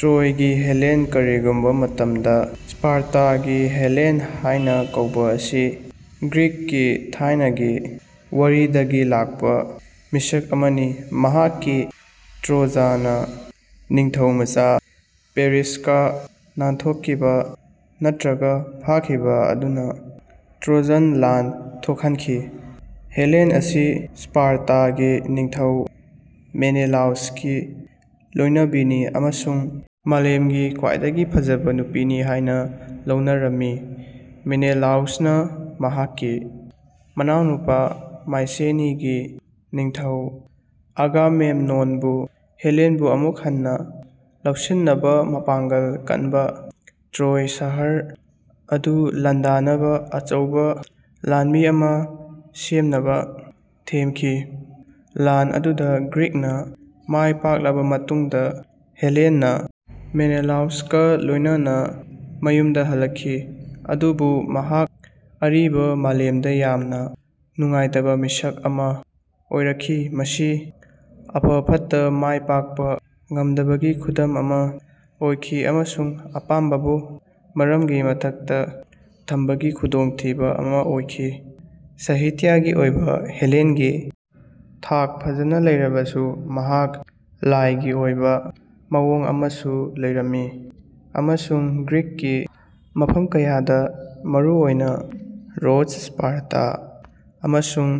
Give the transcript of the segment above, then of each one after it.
ꯇ꯭ꯔꯣꯏꯒꯤ Helen ꯀꯔꯤꯒꯨꯝꯕ ꯃꯇꯝꯗ ꯁ꯭ꯄꯥꯔꯇꯥꯒꯤ Helen ꯍꯥꯏꯅ ꯀꯧꯕ ꯑꯁꯤ ꯒ꯭ꯔꯤꯛꯀꯤ ꯊꯥꯏꯅꯒꯤ ꯋꯥꯔꯤꯗꯒꯤ ꯂꯥꯛꯄ ꯃꯤꯁꯛ ꯑꯃꯅꯤ ꯃꯍꯥꯛꯀꯤ ꯇ꯭ꯔꯣꯖꯟ ꯅꯤꯡꯊꯧꯃꯆꯥ ꯄꯦꯔꯤꯁꯀ ꯅꯥꯟꯊꯣꯛꯈꯤꯕ ꯅꯠꯇ꯭ꯔꯒ ꯐꯥꯈꯤꯕ ꯑꯗꯨꯅ ꯇ꯭ꯔꯣꯖꯟ ꯂꯥꯟ ꯊꯣꯛꯍꯟꯈꯤ꯫ ꯍꯦꯂꯦꯟ ꯑꯁꯤ ꯁ꯭ꯄꯥꯔꯇꯥꯒꯤ ꯅꯤꯡꯊꯧ ꯃꯦꯅꯦꯂꯥꯎꯁꯀꯤ ꯂꯣꯏꯅꯕꯤꯅꯤ ꯑꯃꯁꯨꯡ ꯃꯥꯂꯦꯝꯒꯤ ꯈ꯭ꯋꯥꯏꯗꯒꯤ ꯐꯖꯕ ꯅꯨꯄꯤꯅꯤ ꯍꯥꯏꯅ ꯂꯧꯅꯔꯝꯃꯤ꯫ ꯃꯦꯅꯦꯂꯥꯎꯁꯅ ꯃꯍꯥꯛꯀꯤ ꯃꯅꯥꯎꯅꯨꯄꯥ ꯃꯥꯏꯁꯦꯅꯤꯒꯤ ꯅꯤꯡꯊꯧ ꯑꯒꯥꯃꯦꯝꯅꯣꯟꯕꯨ ꯍꯦꯂꯦꯟꯕꯨ ꯑꯃꯨꯛ ꯍꯟꯅ ꯂꯧꯁꯤꯟꯅꯕ ꯃꯄꯥꯡꯒꯜ ꯀꯟꯕ ꯇ꯭ꯔꯣꯏ ꯁꯍꯔ ꯑꯗꯨ ꯂꯥꯟꯗꯥꯅꯕ ꯑꯆꯧꯕ ꯂꯥꯟꯃꯤ ꯑꯃ ꯁꯦꯝꯅꯕ ꯊꯦꯝꯈꯤ꯫ ꯂꯥꯟ ꯑꯗꯨꯗ ꯒ꯭ꯔꯤꯛꯅ ꯃꯥꯏꯄꯥꯛꯂꯕ ꯃꯇꯨꯡꯗ ꯍꯦꯂꯦꯟꯅ ꯃꯦꯅꯦꯂꯥꯎꯁꯀ ꯂꯣꯏꯅꯅ ꯃꯌꯨꯝꯗ ꯍꯜꯂꯛꯈꯤ ꯑꯗꯨꯕꯨ ꯃꯍꯥꯛ ꯑꯔꯤꯕ ꯃꯥꯂꯦꯝꯗ ꯌꯥꯝꯅ ꯅꯨꯡꯉꯥꯏꯇꯕ ꯃꯤꯁꯛ ꯑꯃ ꯑꯣꯏꯔꯛꯈꯤ ꯃꯁꯤ ꯑꯐ ꯐꯠꯇ ꯃꯥꯏ ꯄꯥꯛꯄ ꯉꯝꯗꯕꯒꯤ ꯈꯨꯗꯝ ꯑꯃ ꯑꯣꯏꯈꯤ ꯑꯃꯁꯨꯡ ꯑꯄꯥꯝꯕꯕꯨ ꯃꯔꯝꯒꯤ ꯃꯊꯛꯇ ꯊꯝꯕꯒꯤ ꯈꯨꯗꯣꯡꯊꯤꯕ ꯑꯃ ꯑꯣꯏꯈꯤ꯫ ꯁꯥꯍꯤꯇ꯭ꯌꯒꯤ ꯑꯣꯏꯕ ꯍꯦꯂꯦꯟꯒꯤ ꯊꯥꯛ ꯐꯖꯅ ꯂꯩꯔꯕꯁꯨ ꯃꯍꯥꯛ ꯂꯥꯏꯒꯤ ꯑꯣꯏꯕ ꯃꯑꯣꯡ ꯑꯃꯁꯨ ꯂꯩꯔꯝꯃꯤ ꯑꯃꯁꯨꯡ ꯒ꯭ꯔꯤꯛꯀꯤ ꯃꯐꯝ ꯀꯌꯥꯗ ꯃꯔꯨꯑꯣꯏꯅ ꯔꯣꯗꯁ ꯁ꯭ꯄꯥꯔꯇꯥ ꯑꯃꯁꯨꯡ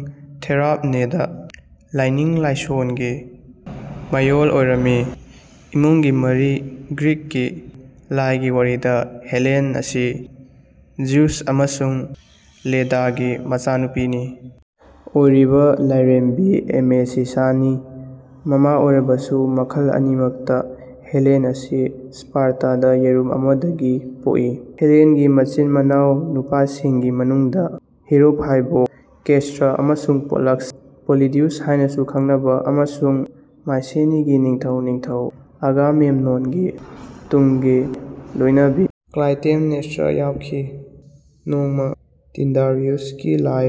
ꯊꯦꯔꯥꯞꯅꯦꯗ ꯂꯥꯏꯅꯤꯡ ꯂꯥꯏꯁꯣꯜꯒꯤ ꯃꯌꯣꯜ ꯑꯣꯏꯔꯝꯃꯤ꯫ ꯏꯃꯨꯡꯒꯤ ꯃꯔꯤ ꯒ꯭ꯔꯤꯛꯀꯤ ꯂꯥꯏꯒꯤ ꯋꯥꯔꯤꯗ ꯍꯦꯂꯦꯟ ꯑꯁꯤ ꯖ꯭ꯌꯨꯁ ꯑꯃꯁꯨꯡ ꯂꯦꯗꯥꯒꯤ ꯃꯆꯥꯅꯨꯄꯤꯅꯤ ꯑꯣꯏꯔꯤꯕ ꯂꯥꯏꯔꯦꯝꯕꯤ ꯅꯦꯃꯦꯁꯤꯁꯅꯤ꯫ ꯃꯃꯥ ꯑꯣꯏꯔꯕꯁꯨ ꯃꯈꯜ ꯑꯅꯤꯃꯛꯇ ꯍꯦꯂꯦꯟ ꯑꯁꯤ ꯁ꯭ꯄꯥꯔꯇꯥꯗ ꯌꯦꯔꯨꯝ ꯑꯃꯗꯒꯤ ꯄꯣꯛꯏ꯫ ꯍꯦꯂꯦꯟꯒꯤ ꯃꯆꯤꯟ ꯃꯅꯥꯎ ꯅꯨꯄꯥꯁꯤꯡꯒꯤ ꯃꯅꯨꯡꯗ ꯍꯤꯔꯣ ꯐꯥꯏꯕꯣꯛ ꯀꯦꯁ꯭ꯇꯔ ꯑꯃꯁꯨꯡ ꯄꯣꯂꯛꯁ ꯄꯣꯂꯤꯗ꯭ꯌꯨꯁ ꯍꯥꯏꯅꯁꯨ ꯈꯪꯅꯕ ꯑꯃꯁꯨꯡ ꯃꯥꯏꯁꯦꯅꯤꯒꯤ ꯅꯤꯡꯊꯧ ꯅꯤꯡꯊꯧ ꯑꯒꯥꯃꯦꯝꯅꯣꯟꯒꯤ ꯇꯨꯡꯒꯤ ꯂꯣꯏꯅꯕꯤ ꯀ꯭ꯂꯥꯏꯇꯦꯝꯅꯦꯁ꯭ꯇ꯭ꯔꯥ ꯌꯥꯎꯈꯤ꯫ ꯅꯣꯡꯃ ꯇꯤꯟꯗꯥꯔꯤꯌꯁꯅ ꯂꯥꯏ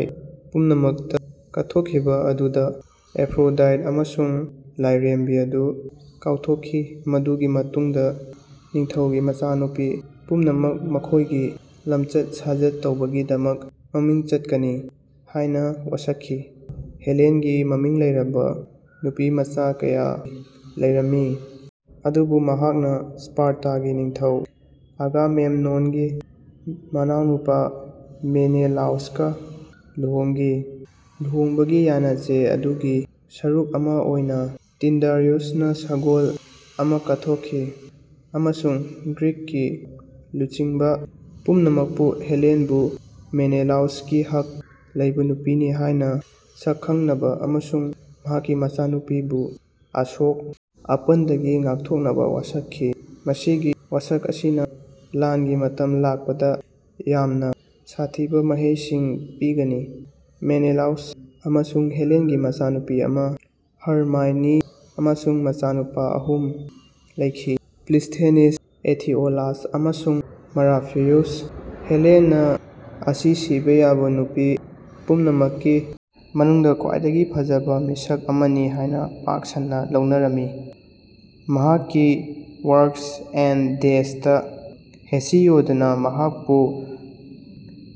ꯄꯨꯝꯅꯃꯛꯇ ꯀꯠꯊꯣꯛꯈꯤ ꯑꯗꯨꯕꯨ ꯑꯦꯐ꯭ꯔꯣꯗꯥꯏꯠ ꯑꯃꯁꯨꯡ ꯂꯥꯏꯔꯦꯝꯕꯤ ꯑꯗꯨ ꯀꯥꯎꯊꯣꯛꯈꯤ ꯃꯗꯨꯒꯤ ꯃꯇꯨꯡꯗ ꯅꯤꯡꯊꯧꯒꯤ ꯃꯆꯥꯅꯨꯄꯤ ꯄꯨꯝꯅꯃꯛ ꯃꯈꯣꯏꯒꯤ ꯂꯝꯆꯠ ꯁꯥꯖꯠ ꯇꯧꯕꯒꯤꯗꯃꯛ ꯃꯃꯤꯡ ꯆꯠꯀꯅꯤ ꯍꯥꯏꯅ ꯋꯥꯁꯛꯈꯤ꯫ ꯍꯦꯂꯦꯟꯒꯤ ꯃꯃꯤꯡ ꯂꯩꯔꯕ ꯅꯨꯄꯤ ꯃꯆꯥ ꯀꯌꯥ ꯂꯩꯔꯝꯃꯤ ꯑꯗꯨꯕꯨ ꯃꯍꯥꯛꯅ ꯁ꯭ꯄꯥꯔꯇꯥꯒꯤ ꯅꯤꯡꯊꯧ ꯑꯒꯥꯃꯦꯝꯅꯣꯟꯒꯤ ꯃꯅꯥꯎꯅꯨꯄꯥ ꯃꯦꯅꯦꯂꯥꯎꯁꯀ ꯂꯨꯍꯣꯡꯒꯤ꯫ ꯂꯨꯍꯣꯡꯕꯒꯤ ꯌꯥꯅꯆꯦ ꯑꯗꯨꯒꯤ ꯁꯔꯨꯛ ꯑꯃ ꯑꯣꯏꯅ ꯇꯤꯟꯗꯥꯔꯤꯌꯁꯅ ꯁꯒꯣꯜ ꯑꯃ ꯀꯠꯊꯣꯛꯈꯤ ꯑꯃꯁꯨꯡ ꯒ꯭ꯔꯤꯛꯀꯤ ꯂꯨꯆꯤꯡꯕ ꯄꯨꯝꯅꯃꯛꯄꯨ ꯍꯦꯂꯦꯟꯕꯨ ꯃꯦꯅꯦꯂꯥꯎꯁꯀꯤ ꯍꯛ ꯂꯩꯕ ꯅꯨꯄꯤꯅꯤ ꯍꯥꯏꯅ ꯁꯛꯈꯪꯅꯕ ꯑꯃꯁꯨꯡ ꯃꯍꯥꯛꯀꯤ ꯃꯆꯥꯅꯨꯄꯤꯕꯨ ꯑꯁꯣꯛ ꯑꯄꯟꯗꯒꯤ ꯉꯥꯛꯊꯣꯛꯅꯕ ꯋꯥꯁꯛꯈꯤ꯫ ꯃꯁꯤꯒꯤ ꯋꯥꯁꯛ ꯑꯁꯤꯅ ꯂꯥꯟꯒꯤ ꯃꯇꯝ ꯂꯥꯛꯄꯗ ꯌꯥꯝꯅ ꯁꯥꯊꯤꯕ ꯃꯍꯩꯁꯤꯡ ꯄꯤꯒꯅꯤ꯫ ꯃꯦꯅꯦꯂꯥꯎꯁ ꯑꯃꯁꯨꯡ ꯍꯦꯂꯦꯟꯒꯤ ꯃꯆꯥꯅꯨꯄꯤ ꯑꯃ, ꯍꯔꯃꯥꯏꯅꯤ ꯑꯃꯁꯨꯡ ꯃꯆꯥꯅꯨꯄꯥ ꯑꯍꯨꯝ ꯂꯩꯈꯤ ꯄ꯭ꯂꯤꯁꯊꯦꯅꯤꯁ ꯑꯦꯊꯤꯑꯣꯂꯥꯁ ꯑꯃꯁꯨꯡ ꯃꯔꯥꯐꯤꯌꯁ꯫ ꯍꯦꯂꯦꯟ ꯑꯁꯤ ꯁꯤꯕ ꯌꯥꯕ ꯅꯨꯄꯤ ꯄꯨꯝꯅꯃꯛꯀꯤ ꯃꯅꯨꯡꯗ ꯈ꯭ꯋꯥꯏꯗꯒꯤ ꯐꯖꯕ ꯃꯤꯁꯛ ꯑꯃꯅꯤ ꯍꯥꯏꯅ ꯄꯥꯛ ꯁꯟꯅ ꯂꯧꯅꯔꯝꯃꯤ꯫ ꯃꯍꯥꯛꯀꯤ ꯋꯥꯔ꯭ꯛꯁ ꯑꯦꯟꯗ ꯗꯦꯁꯇ ꯍꯦꯁꯤꯌꯣꯗꯅ ꯃꯍꯥꯛꯄꯨ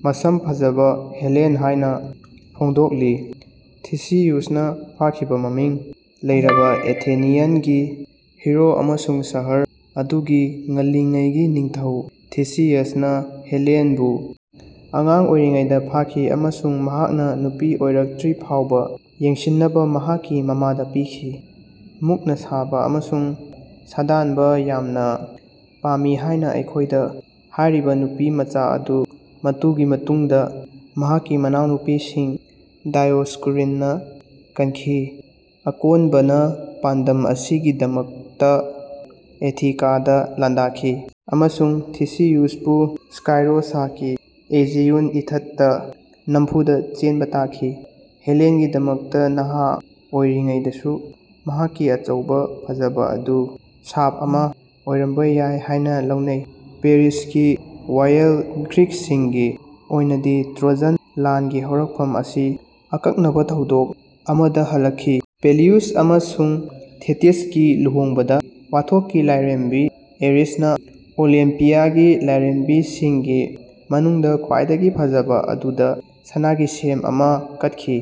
ꯃꯁꯝ ꯐꯖꯕ ꯍꯦꯂꯦꯟ ꯍꯥꯏꯅ ꯐꯣꯡꯗꯣꯛꯂꯤ꯫ ꯊꯤꯁꯤꯌꯁꯅ ꯐꯥꯈꯤꯕ ꯃꯃꯤꯡ ꯂꯩꯔꯕ ꯑꯦꯊꯦꯅꯤꯌꯟꯒꯤ ꯍꯤꯔꯣ ꯑꯃꯁꯨꯡ ꯁꯍꯔ ꯑꯗꯨꯒꯤ ꯉꯜꯂꯤꯉꯩꯒꯤ ꯅꯤꯡꯊꯧ ꯊꯤꯁꯤꯌꯁꯅ ꯍꯦꯂꯦꯟꯕꯨ ꯑꯉꯥꯡ ꯑꯣꯏꯔꯤꯉꯩꯗ ꯐꯥꯈꯤ ꯑꯃꯁꯨꯡ ꯃꯍꯥꯛꯅ ꯅꯨꯄꯤ ꯑꯣꯏꯔꯛꯇ꯭ꯔꯤꯐꯥꯎꯕ ꯌꯦꯡꯁꯤꯟꯅꯕ ꯃꯍꯥꯛꯀꯤ ꯃꯃꯥꯗ ꯄꯤꯈꯤ꯫ ꯃꯨꯛꯅ ꯁꯥꯕ ꯑꯃꯁꯨꯡ ꯁꯥꯗꯥꯟꯕ ꯌꯥꯝꯅ ꯄꯥꯝꯃꯤ ꯍꯥꯏꯅ ꯑꯩꯈꯣꯏꯗ ꯍꯥꯏꯔꯤꯕ ꯅꯨꯄꯤꯃꯆꯥ ꯑꯗꯨ ꯃꯗꯨꯒꯤ ꯃꯇꯨꯡꯗ ꯃꯍꯥꯛꯀꯤ ꯃꯅꯥꯎꯅꯨꯄꯤꯁꯤꯡ ꯗꯥꯏꯑꯣꯁ꯭ꯀꯨꯔꯤꯅ ꯀꯟꯈꯤ꯫ ꯑꯀꯣꯟꯕꯅ ꯄꯥꯟꯗꯝ ꯑꯁꯤꯒꯤꯗꯃꯛꯇ ꯑꯦꯊꯤꯀꯥꯗ ꯂꯥꯟꯗꯥꯈꯤ ꯑꯃꯁꯨꯡ ꯊꯤꯁꯤꯌꯁꯄꯨ ꯁ꯭ꯀꯥꯏꯔꯣꯁ ꯁꯥꯈꯤ ꯑꯦꯖꯤꯌꯟ ꯏꯊꯠꯇ ꯅꯝꯐꯨꯗ ꯆꯦꯟꯕ ꯇꯥꯈꯤ꯫ ꯍꯦꯂꯦꯟꯒꯤꯗꯃꯛꯇ ꯅꯍꯥ ꯑꯣꯏꯔꯤꯉꯩꯗꯁꯨ ꯃꯍꯥꯛꯀꯤ ꯑꯆꯧꯕ ꯐꯖꯕ ꯑꯗꯨ ꯁꯥꯞ ꯑꯃ ꯑꯣꯏꯔꯝꯕ ꯌꯥꯏ ꯍꯥꯏꯅ ꯂꯧꯅꯩ꯫ ꯄꯦꯔꯤꯁꯀꯤ ꯋꯥꯌꯦꯜ ꯒ꯭ꯔꯤꯛꯁꯤꯡꯒꯤ ꯑꯣꯏꯅꯗꯤ ꯇ꯭ꯔꯣꯖꯟ ꯂꯥꯟꯒꯤ ꯍꯧꯔꯛꯐꯝ ꯑꯁꯤ ꯑꯀꯛꯅꯕ ꯊꯧꯗꯣꯛ ꯑꯃꯗ ꯍꯜꯂꯛꯈꯤ꯫ ꯄꯦꯂꯤꯌꯁ ꯑꯃꯁꯨꯡ ꯊꯦꯇꯤꯁꯀꯤ ꯂꯨꯍꯣꯡꯕꯗ ꯋꯥꯊꯣꯛꯀꯤ ꯂꯥꯏꯔꯦꯝꯕꯤ ꯑꯦꯔꯤꯁꯅ ꯑꯣꯂꯤꯝꯄꯤꯌꯥꯒꯤ ꯂꯥꯏꯔꯦꯝꯕꯤꯁꯤꯡꯒꯤ ꯃꯅꯨꯡꯗ ꯈ꯭ꯋꯥꯏꯗꯒꯤ ꯐꯖꯕ ꯑꯗꯨꯗ ꯁꯅꯥꯒꯤ ꯁꯦꯝ ꯑꯃ ꯀꯠꯈꯤ꯫